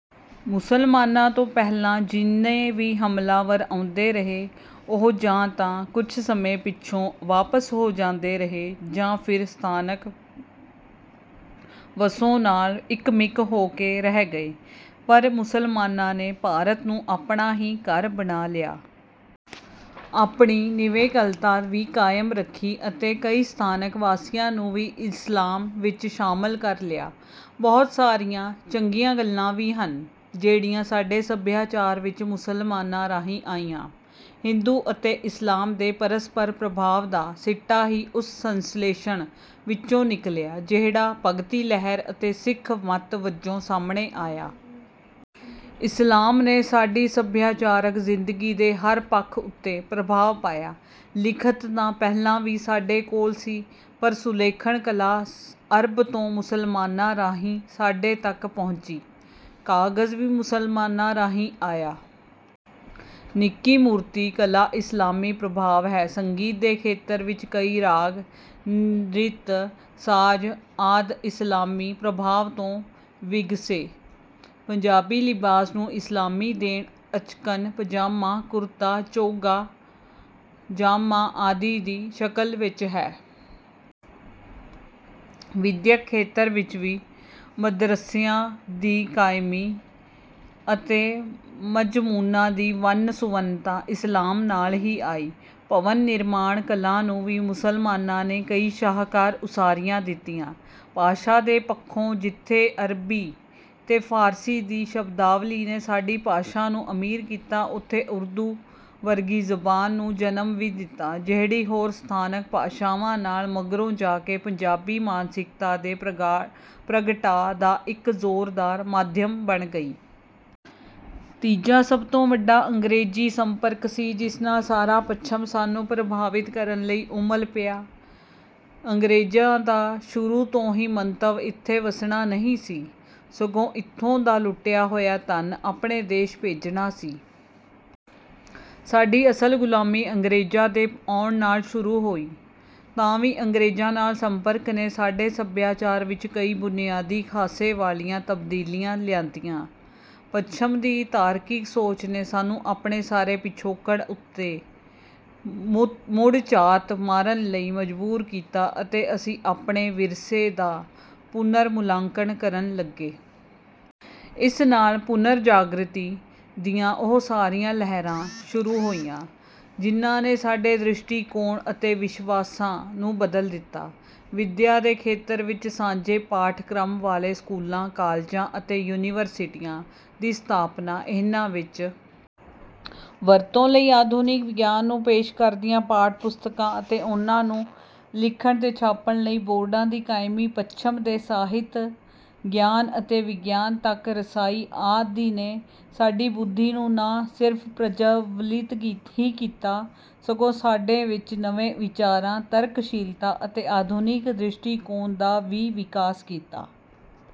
ਮੁਸਲਮਾਨਾਂ ਤੋਂ ਪਹਿਲਾਂ ਜਿੰਨੇ ਵੀ ਹਮਲਾਵਰ ਆਉਂਦੇ ਰਹੇ, ਉਹ ਜਾਂ ਤਾਂ ਕੁਝ ਸਮੇਂ ਪਿੱਛੋਂ ਵਾਪਸ ਹੋ ਜਾਂਦੇ ਰਹੇ ਜਾਂ ਫਿਰ ਸਥਾਨਕ ਵਸੋਂ ਨਾਲ ਇੱਕਮਿਕ ਹੋ ਕੇ ਰਹਿ ਗਏ, ਪਰ ਮੁਸਲਮਾਨਾਂ ਨੇ ਭਾਰਤ ਨੂੰ ਆਪਣਾ ਹੀ ਘਰ ਬਣਾ ਲਿਆ। ਆਪਣੀ ਨਿਵੇਕਲਤਾ ਵੀ ਕਾਇਮ ਰੱਖੀ ਅਤੇ ਕਈ ਸਥਾਨਕ ਵਾਸੀਆਂ ਨੂੰ ਵੀ ਇਸਲਾਮ ਵਿੱਚ ਸ਼ਾਮਲ ਕਰ ਲਿਆ। ਬਹੁਤ ਸਾਰੀਆਂ ਚੰਗੀਆਂ ਗੱਲਾਂ ਵੀ ਹਨ, ਜਿਹੜੀਆਂ ਸਾਡੇ ਸਭਿਆਚਾਰ ਵਿੱਚ ਮੁਸਲਮਾਨਾਂ ਰਾਹੀਂ ਆਈਆਂ। ਹਿੰਦੂ ਅਤੇ ਇਸਲਾਮ ਦੇ ਪਰਸਪਰ ਪ੍ਰਭਾਵ ਦਾ ਸਿੱਟਾ ਹੀ ਉਸ ਸੰਸਲੇਸ਼ਣ ਵਿੱਚੋਂ ਨਿਕਲਿਆ, ਜਿਹੜਾ ਭਗਤੀ ਲਹਿਰ ਅਤੇ ਸਿੱਖ ਮੱਤ ਵਜੋਂ ਸਾਹਮਣੇ ਆਇਆ। ਇਸਲਾਮ ਨੇ ਸਾਡੀ ਸਭਿਆਚਾਰਕ ਜ਼ਿੰਦਗੀ ਦੇ ਹਰ ਪੱਖ ਉੱਤੇ ਪ੍ਰਭਾਵ ਪਾਇਆ। ਲਿਖਤ ਤਾਂ ਪਹਿਲਾਂ ਵੀ ਸਾਡੇ ਕੋਲ ਸੀ, ਪਰ ਸੁਲੇਖਣ ਕਲਾ ਅਰਬ ਤੋਂ ਮੁਸਲਮਾਨਾਂ ਰਾਹੀਂ ਸਾਡੇ ਤੱਕ ਪਹੁੰਚੀ। ਕਾਗ਼ਜ਼ ਵੀ ਮੁਸਲਮਾਨਾਂ ਰਾਹੀਂ ਆਇਆ। ਨਿੱਕੀ-ਮੂਰਤੀ ਕਲਾ ਇਸਲਾਮੀ ਪ੍ਰਭਾਵ ਹੈ। ਸੰਗੀਤ ਦੇ ਖੇਤਰ ਵਿੱਚ ਕਈ ਰਾਗ, ਨ੍ਰਿਤ, ਸਾਜ਼ ਆਦਿ ਇਸਲਾਮੀ ਪ੍ਰਭਾਵ ਤੋਂ ਵਿਗਸੇ। ਪੰਜਾਬੀ ਲਿਬਾਸ ਨੂੰ ਇਸਲਾਮੀ ਦੇਣ ਅਚਕਨ, ਪਜਾਮਾ, ਕੁਰਤਾ, ਚੋਗ਼ਾ, ਜਾਮਾ ਆਦਿ ਦੀ ਸ਼ਕਲ ਵਿੱਚ ਹੈ। ਵਿਦਿਅਕ ਖੇਤਰ ਵਿੱਚ ਵੀ ਮਦਰੱਸਿਆਂ ਦੀ ਕਾਇਮੀ ਅਤੇ ਮਜ਼ਮੂਨਾਂ ਦੀ ਵੰਨ-ਸੁਵੰਨਤਾ ਇਸਲਾਮ ਨਾਲ ਹੀ ਆਈ। ਭਵਨ-ਨਿਰਮਾਣ ਕਲਾ ਨੂੰ ਵੀ ਮੁਸਲਮਾਨਾਂ ਨੇ ਕਈ ਸ਼ਾਹਕਾਰ ਉਸਾਰੀਆਂ ਦਿੱਤੀਆਂ। ਭਾਸ਼ਾ ਦੇ ਪੱਖੋਂ ਜਿੱਥੇ ਅਰਬੀ ਤੇ ਫ਼ਾਰਸੀ ਦੀ ਸ਼ਬਦਾਵਲੀ ਨੇ ਸਾਡੀ ਭਾਸ਼ਾ ਨੂੰ ਅਮੀਰ ਕੀਤਾ, ਉੱਥੇ ਉਰਦੂ ਵਰਗੀ ਜ਼ਬਾਨ ਨੂੰ ਜਨਮ ਵੀ ਦਿੱਤਾ, ਜਿਹੜੀ ਹੋਰ ਸਥਾਨਕ ਭਾਸ਼ਾਵਾਂ ਨਾਲ ਮਗਰੋਂ ਜਾ ਕੇ ਪੰਜਾਬੀ ਮਾਨਸਿਕਤਾ ਦੇ ਪ੍ਰਗਟਾਅ ਦਾ ਇੱਕ ਜ਼ੋਰਦਾਰ ਮਾਧਿਅਮ ਬਣ ਗਈ। ਤੀਜਾ ਸਭ ਤੋਂ ਵੱਡਾ ਅੰਗਰੇਜ਼ੀ ਸੰਪਰਕ ਸੀ, ਜਿਸ ਨਾਲ ਸਾਰਾ ਪੱਛਮ ਸਾਨੂੰ ਪ੍ਰਭਾਵਿਤ ਕਰਨ ਲਈ ਉਮਲ ਪਿਆ। ਅੰਗਰੇਜ਼ਾਂ ਦਾ ਸ਼ੁਰੂ ਤੋਂ ਹੀ ਮੰਤਵ ਇੱਥੇ ਵੱਸਣਾ ਨਹੀਂ ਸੀ, ਸਗੋਂ ਇੱਥੋਂ ਦਾ ਲੁੱਟਿਆ ਹੋਇਆ ਧਨ ਆਪਣੇ ਦੇਸ਼ ਭੇਜਣਾ ਸੀ। ਸਾਡੀ ਅਸਲ ਗੁਲਾਮੀ ਅੰਗਰੇਜ਼ਾਂ ਦੇ ਆਉਣ ਨਾਲ ਸ਼ੁਰੂ ਹੋਈ, ਤਾਂ ਵੀ ਅੰਗਰੇਜ਼ਾਂ ਨਾਲ ਸੰਪਰਕ ਨੇ ਸਾਡੇ ਸਭਿਆਚਾਰ ਵਿੱਚ ਕਈ ਬੁਨਿਆਦੀ ਖ਼ਾਸੇ ਵਾਲੀਆਂ ਤਬਦੀਲੀਆਂ ਲਿਆਂਦੀਆਂ। ਪੱਛਮ ਦੀ ਤਾਰਕਿਕ ਸੋਚ ਨੇ ਸਾਨੂੰ ਆਪਣੇ ਸਾਰੇ ਪਿਛੋਕੜ ਉੱਤੇ ਮੁੜ ਝਾਤ ਮਾਰਨ ਲਈ ਮਜਬੂਰ ਕੀਤਾ ਅਤੇ ਅਸੀਂ ਆਪਣੇ ਵਿਰਸੇ ਦਾ ਪੁਨਰ-ਮੁਲਾਂਕਣ ਕਰਨ ਲੱਗੇ। ਇਸ ਨਾਲ ਪੁਨਰ-ਜਾਗ੍ਰਿਤੀ ਦੀਆਂ ਉਹ ਸਾਰੀਆਂ ਲਹਿਰਾਂ ਸ਼ੁਰੂ ਹੋਈਆਂ, ਜਿਨ੍ਹਾਂ ਨੇ ਸਾਡੇ ਦ੍ਰਿਸ਼ਟੀਕੋਣ ਅਤੇ ਵਿਸ਼ਵਾਸਾਂ ਨੂੰ ਬਦਲ ਦਿੱਤਾ। ਵਿਦਿਆ ਦੇ ਖੇਤਰ ਵਿੱਚ ਸਾਂਝੇ ਪਾਠ-ਕ੍ਰਮ ਵਾਲੇ ਸਕੂਲਾਂ, ਕਾਲਜਾਂ ਅਤੇ ਯੂਨੀਵਰਸਿਟੀਆਂ ਦੀ ਸਥਾਪਨਾ, ਇਹਨਾਂ ਵਿੱਚ ਵਰਤੋਂ ਲਈ ਆਧੁਨਿਕ ਗਿਆਨ ਨੂੰ ਪੇਸ਼ ਕਰਦੀਆਂ ਪਾਠ-ਪੁਸਤਕਾਂ ਅਤੇ ਉਹਨਾਂ ਨੂੰ ਲਿਖਣ ਤੇ ਛਾਪਣ ਲਈ ਬੋਰਡਾਂ ਦੀ ਕਾਇਮੀ, ਪੱਛਮ ਦੇ ਸਾਹਿਤ, ਗਿਆਨ ਅਤੇ ਵਿਗਿਆਨ ਤੱਕ ਰਸਾਈ ਆਦਿ ਨੇ ਸਾਡੀ ਬੁੱਧੀ ਨੂੰ ਨਾ ਸਿਰਫ਼ ਪ੍ਰਜਵਲਿਤ ਹੀ ਕੀਤਾ, ਸਗੋਂ ਸਾਡੇ ਵਿਚ ਨਵੇਂ ਵਿਚਾਰਾਂ, ਤਰਕਸ਼ੀਲਤਾ ਅਤੇ ਆਧੁਨਿਕ ਦ੍ਰਿਸ਼ਟੀਕੋਣ ਦਾ ਵੀ ਵਿਕਾਸ ਕੀਤਾ।